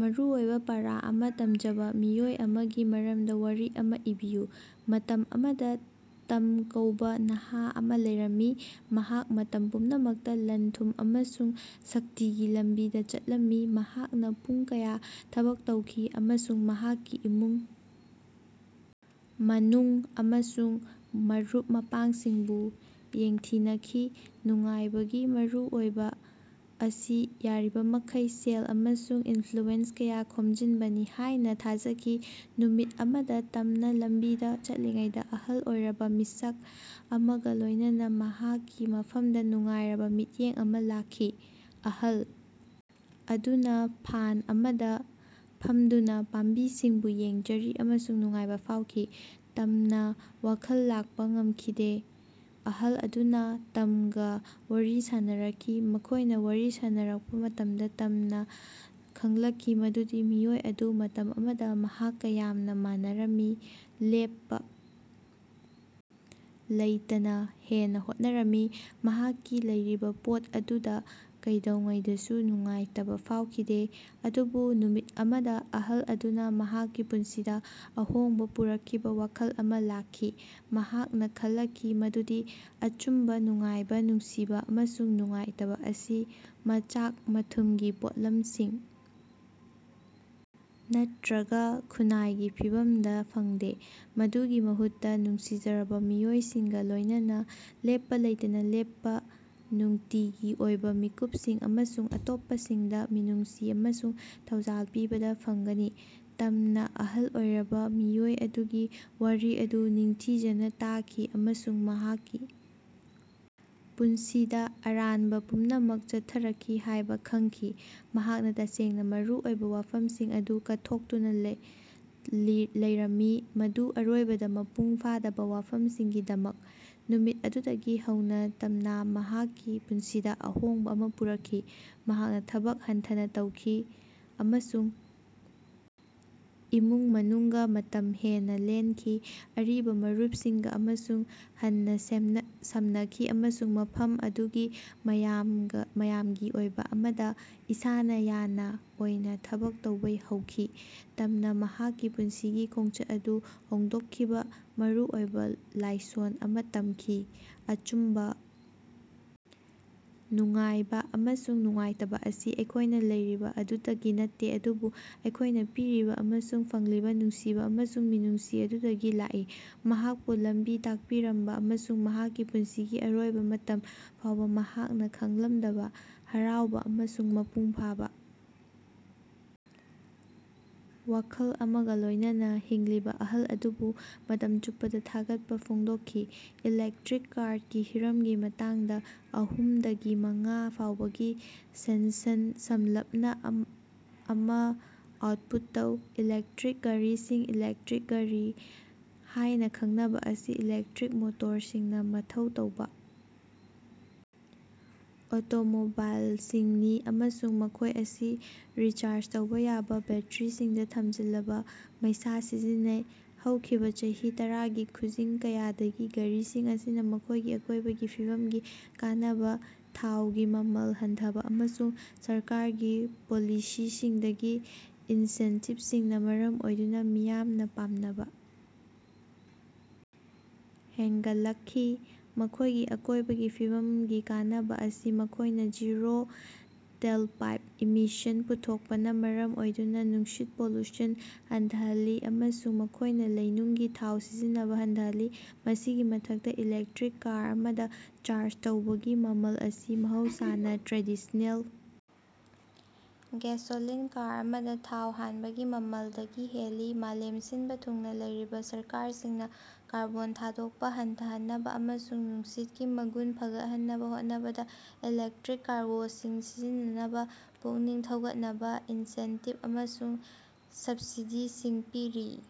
ꯃꯔꯨꯑꯣꯏꯕꯥ ꯄꯥꯔꯥ ꯑꯃꯥ ꯇꯝꯖꯕꯥ ꯃꯤꯑꯣꯏ ꯑꯃꯒꯤ ꯃꯔꯝꯗꯥ ꯋꯥꯔꯤ ꯑꯃ ꯏꯕꯤꯌꯨ꯫ ꯃꯇꯝ ꯑꯃꯗ ꯇꯝ ꯀꯧꯕꯥ ꯅꯍꯥ ꯑꯃ ꯂꯩꯔꯝꯃꯤ ꯃꯍꯥꯛ ꯃꯇꯝ ꯄꯨꯝꯅꯃꯛꯇꯥ ꯂꯟ-ꯊꯨꯝ ꯑꯃꯁꯨꯡ ꯁꯛꯇꯤꯒꯤ ꯂꯝꯕꯤꯗꯥ ꯆꯠꯂꯝꯃꯤ꯫ ꯃꯍꯥꯛꯅꯥ ꯄꯨꯡ ꯀꯌꯥ ꯊꯕꯛ ꯇꯧꯈꯤ ꯑꯃꯁꯨꯡ ꯃꯍꯥꯛꯀꯤ ꯏꯃꯨꯡ ꯃꯅꯨꯡ ꯑꯃꯁꯨꯡ ꯃꯔꯨꯞ ꯃꯄꯥꯡꯁꯤꯡꯕꯨ ꯌꯦꯡꯊꯤꯅꯈꯤ ꯅꯨꯡꯉꯥꯏꯕꯒꯤ ꯃꯔꯨꯑꯣꯏꯕꯥ ꯑꯁꯤ ꯌꯥꯔꯤꯕꯃꯈꯩ ꯁꯦꯜ ꯑꯃꯁꯨꯡ ꯏꯟꯐ꯭ꯂꯨꯌꯦꯟꯁ ꯀꯌꯥ ꯈꯣꯝꯖꯤꯟꯕꯅꯤ ꯍꯥꯢꯅ ꯊꯥꯖꯈꯤ꯫ ꯅꯨꯃꯤꯠ ꯑꯃꯗ ꯇꯝꯅ ꯂꯝꯕꯤꯗ ꯆꯠꯂꯤꯉꯩꯗꯥ ꯑꯍꯜ ꯑꯣꯏꯔꯕ ꯃꯤꯁꯛ ꯑꯃꯒ ꯂꯣꯢꯅꯅꯥ ꯃꯍꯥꯛꯀꯤ ꯃꯐꯝꯗ ꯅꯨꯡꯉꯥꯏꯔꯕꯥ ꯃꯤꯠꯌꯦꯡ ꯑꯃ ꯂꯥꯛꯈꯤ꯫ ꯑꯍꯜ ꯑꯗꯨꯅ ꯐꯥꯟ ꯑꯃꯗ ꯐꯝꯗꯨꯅ ꯄꯥꯝꯕꯤꯁꯤꯡꯕꯨ ꯌꯦꯡꯖꯔꯤ ꯑꯃꯁꯨꯡ ꯅꯨꯡꯉꯥꯏꯕ ꯐꯥꯎꯈꯤ꯫ ꯇꯝꯅꯥ ꯋꯥꯈꯜ ꯂꯥꯛꯄ ꯉꯝꯈꯤꯗꯦ꯫ ꯑꯍꯜ ꯑꯗꯨꯅ ꯇꯝꯒꯥ ꯋꯥꯔꯤ ꯁꯥꯅꯔꯛꯈꯤ ꯃꯈꯣꯢꯅ ꯋꯥꯔꯤ ꯁꯥꯅꯔꯛꯄ ꯃꯇꯝꯗ ꯇꯝꯅꯥ ꯈꯡꯂꯛꯈꯤ ꯃꯗꯨꯗꯤ ꯃꯤꯑꯣꯏ ꯑꯗꯨ ꯃꯇꯝ ꯑꯃꯗ ꯃꯍꯥꯛꯀ ꯌꯥꯝꯅ ꯃꯥꯟꯅꯔꯝꯃꯤ ꯂꯦꯞꯄ ꯂꯩꯇꯅ ꯍꯦꯟꯅ ꯍꯣꯠꯅꯔꯝꯃꯤ ꯃꯍꯥꯛꯀꯤ ꯂꯩꯔꯤꯕꯥ ꯄꯣꯠ ꯑꯗꯨꯗ ꯀꯩꯗꯧꯉꯩꯗꯁꯨ ꯅꯨꯡꯉꯥꯏꯇꯕ ꯐꯥꯎꯈꯤꯗꯦ꯫ ꯑꯗꯨꯕꯨ ꯅꯨꯃꯤꯠ ꯑꯃꯗ ꯑꯍꯜ ꯑꯗꯨꯅ ꯃꯍꯥꯛꯀꯤ ꯄꯨꯟꯁꯤꯗ ꯑꯍꯣꯡꯕ ꯄꯨꯔꯛꯈꯤꯕ ꯋꯥꯈꯜ ꯑꯃ ꯂꯥꯛꯈꯤ꯫ ꯃꯍꯥꯛꯅ ꯈꯡꯂꯛꯈꯤ ꯃꯗꯨꯗꯤ ꯑꯆꯨꯝꯕ ꯅꯨꯡꯉꯥꯏꯕ ꯅꯨꯡꯁꯤꯕ ꯑꯃꯁꯨꯡ ꯅꯨꯡꯉꯥꯏꯇꯕ ꯑꯁꯤ ꯃꯆꯥꯛ-ꯃꯊꯨꯝꯒꯤ ꯄꯣꯠꯂꯝꯁꯤꯡ ꯅꯠꯇ꯭ꯔꯒ ꯈꯨꯟꯅꯥꯏꯒꯤ ꯐꯤꯚꯝꯗ ꯐꯪꯗꯦ ꯃꯗꯨꯒꯤ ꯃꯍꯨꯠꯇ ꯅꯨꯡꯁꯤꯖꯔꯕ ꯃꯤꯑꯣꯏꯁꯤꯡꯒ ꯂꯣꯢꯅꯅꯥ ꯂꯦꯞꯄꯥ ꯂꯩꯇꯅ ꯂꯦꯞꯄ ꯅꯨꯡꯇꯤꯒꯤ ꯑꯣꯏꯕ ꯃꯤꯀꯨꯞꯁꯤꯡ ꯑꯃꯁꯨꯡ ꯑꯇꯣꯞꯄꯁꯤꯡꯗ ꯃꯤꯅꯨꯡꯁꯤ ꯑꯃꯁꯨꯡ ꯊꯧꯖꯥꯜ ꯄꯤꯕꯗ ꯐꯪꯒꯅꯤ꯫ ꯇꯝꯅꯥ ꯑꯍꯜ ꯑꯣꯏꯔꯕ ꯃꯤꯑꯣꯏ ꯑꯗꯨꯒꯤ ꯋꯥꯔꯤ ꯑꯗꯨ ꯅꯤꯡꯊꯤꯖꯅ ꯇꯥꯈꯤ ꯑꯃꯁꯨꯡ ꯃꯍꯥꯛꯀꯤ ꯄꯨꯟꯁꯤꯗ ꯑꯔꯥꯟꯕ ꯄꯨꯝꯅꯃꯛ ꯆꯠꯊꯔꯛꯈꯤ ꯍꯥꯢꯕ ꯈꯡꯈꯤ꯫ ꯃꯍꯥꯛꯅ ꯇꯁꯦꯡꯅ ꯃꯔꯨ ꯑꯣꯏꯕ ꯋꯥꯐꯝꯁꯤꯡ ꯑꯗꯨ ꯀꯠꯊꯣꯛꯇꯨꯅ ꯂꯩꯔꯝꯃꯤ ꯃꯗꯨ ꯑꯔꯣꯏꯕꯗ ꯃꯄꯨꯡ ꯐꯥꯗꯕ ꯋꯥꯐꯝꯁꯤꯡꯒꯤꯗꯃꯛ꯫ ꯅꯨꯃꯤꯠ ꯑꯗꯨꯗꯒꯤ ꯍꯧꯅꯥ ꯇꯝꯅꯥ ꯃꯍꯥꯛꯀꯤ ꯄꯨꯟꯁꯤꯗ ꯑꯍꯣꯡꯕ ꯑꯃꯥ ꯄꯨꯔꯛꯈꯤ꯫ ꯃꯍꯥꯛꯅ ꯊꯕꯛ ꯍꯟꯊꯅ ꯇꯧꯈꯤ ꯑꯃꯁꯨꯡ ꯏꯃꯨꯡ ꯃꯅꯨꯡꯒ ꯃꯇꯝ ꯍꯦꯟꯅ ꯂꯦꯟꯈꯤ ꯑꯔꯤꯕ ꯃꯔꯨꯞꯁꯤꯡꯒ ꯑꯃꯨꯛ ꯍꯟꯅ ꯁꯝꯅꯈꯤ ꯑꯃꯁꯨꯡ ꯃꯐꯝ ꯑꯗꯨꯒꯤ ꯃꯥꯌꯥꯝꯒꯤ ꯑꯣꯏꯕ ꯑꯃꯗ ꯏꯁꯥꯅ ꯌꯥꯅ ꯑꯣꯏꯅ ꯊꯕꯛ ꯇꯧꯕꯥ ꯍꯧꯈꯤ꯫ ꯇꯝꯅꯥ ꯃꯍꯥꯛꯀꯤ ꯄꯨꯟꯁꯤꯒꯤ ꯈꯣꯡꯆꯠ ꯑꯗꯨ ꯍꯣꯡꯗꯣꯛꯈꯤꯕꯥ ꯃꯔꯨꯑꯣꯏꯕ ꯂꯥꯏꯁꯣꯟ ꯑꯃ ꯇꯝꯈꯤ ꯑꯆꯨꯝꯕ ꯅꯨꯡꯉꯥꯏꯕ ꯑꯃꯁꯨꯡ ꯅꯨꯡꯉꯥꯏꯇꯕ ꯑꯁꯤ ꯑꯩꯈꯣꯢꯅ ꯂꯩꯔꯤꯕꯥ ꯑꯗꯨꯗꯒꯤ ꯅꯠꯇꯦ ꯑꯗꯨꯕꯨ ꯑꯩꯈꯣꯢꯅ ꯄꯤꯔꯤꯕ ꯑꯃꯁꯨꯡ ꯐꯪꯂꯤꯕꯥ ꯅꯨꯡꯁꯤꯕ ꯑꯃꯁꯨꯡ ꯃꯤꯅꯨꯡꯁꯤ ꯑꯗꯨꯗꯒꯤ ꯂꯥꯛꯏ꯫ ꯃꯍꯥꯛꯄꯨ ꯂꯝꯕꯤ ꯇꯥꯛꯄꯤꯔꯝꯕ ꯑꯃꯁꯨꯡ ꯃꯍꯥꯛꯀꯤ ꯄꯨꯟꯁꯤꯒꯤ ꯑꯔꯣꯏꯕ ꯃꯇꯝ ꯐꯥꯎꯕ ꯃꯍꯥꯛꯅ ꯈꯪꯂꯝꯗꯕꯥ ꯍꯔꯥꯎꯕ ꯑꯃꯁꯨꯡ ꯃꯄꯨꯡ ꯐꯥꯕ ꯋꯥꯈꯜ ꯑꯃꯒ ꯂꯣꯢꯅꯅꯥ ꯍꯤꯡꯂꯤꯕ ꯑꯍꯜ ꯑꯗꯨꯕꯨ ꯃꯇꯝ ꯆꯨꯞꯄꯗ ꯊꯥꯒꯠꯄ ꯐꯣꯡꯗꯣꯛꯈꯤ꯫ ꯏꯂꯦꯛꯇ꯭ꯔꯤꯛ ꯀꯥꯔꯗꯀꯤ ꯍꯤꯔꯝꯒꯤ ꯃꯇꯥꯡꯗ ꯑꯍꯨꯝꯗꯒꯤ ꯃꯉꯥ ꯐꯥꯎꯕꯒꯤ ꯁꯦꯟꯁꯟ ꯁꯝꯂꯞꯅ ꯑꯃ ꯑꯥꯎꯇꯄꯨꯠ ꯇꯧ꯫ ꯏꯂꯦꯛꯇ꯭ꯔꯤꯛ ꯒꯥꯔꯤꯁꯤꯡ ꯏꯂꯦꯛꯇ꯭ꯔꯤꯛ ꯒꯥꯔꯤ ꯍꯥꯢꯅ ꯈꯪꯅꯕ ꯑꯁꯤ ꯏꯂꯦꯛꯇꯔꯤꯛ ꯃꯣꯇꯣꯔꯁꯤꯡꯅ ꯃꯊꯧ ꯇꯧꯕ ꯑꯣꯇꯣꯃꯣꯕꯥꯏꯂꯁꯤꯡꯅꯤ ꯑꯃꯁꯨꯡ ꯃꯈꯣꯢ ꯑꯁꯤ ꯔꯤꯆꯥꯔꯖ ꯇꯧꯕꯥ ꯌꯥꯕ ꯕꯦꯇ꯭ꯔꯤꯁꯤꯡꯗ ꯊꯝꯖꯤꯜꯂꯕ ꯃꯩꯁꯥ ꯁꯤꯖꯤꯟꯅꯩ꯫ ꯍꯧꯈꯤꯕꯥ ꯆꯍꯤ ꯇꯔꯥꯒꯤ ꯈꯨꯖꯤꯡ ꯀꯌꯥꯗꯒꯤ ꯒꯥꯔꯤꯁꯤꯡ ꯑꯁꯤꯅꯥ ꯃꯈꯣꯢꯒꯤ ꯑꯀꯣꯢꯕꯒꯤ ꯐꯤꯕꯝꯒꯤ ꯀꯥꯟꯅꯕ ꯊꯥꯎꯒꯤ ꯃꯃꯜ ꯍꯟꯊꯕ ꯑꯃꯁꯨꯡ ꯁꯔꯀꯥꯔꯒꯤ ꯄꯣꯂꯤꯁꯤꯁꯤꯡꯗꯒꯤ ꯏꯟꯁꯦꯟꯇꯤꯕꯁꯤꯡꯅ ꯃꯔꯝ ꯑꯣꯏꯗꯨꯅ ꯃꯤꯌꯥꯝꯅ ꯄꯥꯝꯅꯕ ꯍꯦꯟꯒꯠꯂꯛꯂꯤ꯫ ꯃꯈꯣꯢꯒꯤ ꯑꯀꯣꯢꯕꯒꯤ ꯐꯤꯕꯝꯒꯤ ꯀꯥꯟꯅꯕ ꯑꯁꯤ ꯃꯈꯣꯢꯅ ꯖꯤꯔꯣ ꯇꯦꯂꯄꯥꯏꯞ ꯏꯃꯤꯁꯟ ꯄꯨꯊꯣꯛꯄꯅ ꯃꯔꯝ ꯑꯣꯏꯗꯨꯅ ꯅꯨꯡꯁꯤꯠ ꯄꯣꯂꯨꯁꯟ ꯍꯟꯊꯍꯜꯂꯤ ꯑꯃꯁꯨꯡ ꯃꯈꯣꯢꯅ ꯂꯩꯅꯨꯡꯒꯤ ꯊꯥꯎ ꯁꯤꯖꯤꯟꯅꯕ ꯍꯟꯊꯍꯜꯂꯤ꯫ ꯃꯁꯤꯒꯤ ꯃꯊꯛꯇꯥ ꯏꯂꯦꯛꯇ꯭ꯔꯤꯛ ꯀꯥꯔ ꯑꯃꯗꯥ ꯆꯥꯔꯖ ꯇꯧꯕꯒꯤ ꯃꯃꯜ ꯑꯁꯤ ꯃꯍꯧꯁꯥꯅꯥ ꯇ꯭ꯔꯦꯗꯤꯁꯅꯦꯜ ꯒꯦꯁꯣꯂꯤꯟ ꯀꯥꯔ ꯑꯃꯗ ꯊꯥꯎ ꯍꯥꯟꯕꯒꯤ ꯃꯃꯜꯗꯒꯤ ꯍꯦꯜꯂꯤ꯫ ꯃꯥꯂꯦꯝ ꯁꯤꯟꯕ ꯊꯨꯡꯅ ꯂꯩꯔꯤꯕ ꯁꯔꯀꯥꯔꯁꯤꯡꯅ ꯀꯥꯔꯕꯣꯟ ꯊꯥꯗꯣꯛꯄꯥ ꯍꯟꯊꯍꯟꯅꯕ ꯑꯃꯁꯨꯡ ꯅꯨꯡꯁꯤꯠꯀꯤ ꯃꯒꯨꯟ ꯐꯒꯠꯍꯟꯅꯕ ꯍꯣꯠꯅꯕꯗ ꯏꯂꯦꯛꯇ꯭ꯔꯤꯛ ꯀꯥꯔꯒꯣꯁꯤꯡ ꯁꯤꯖꯤꯟꯅꯅꯕꯥ ꯄꯨꯛꯅꯤꯡ ꯊꯧꯒꯠꯅꯕꯥ ꯏꯟꯁꯦꯟꯇꯤꯕ ꯑꯃꯁꯨꯡ ꯁꯕꯁꯤꯗꯤꯁꯤꯡ ꯄꯤꯔꯤ꯫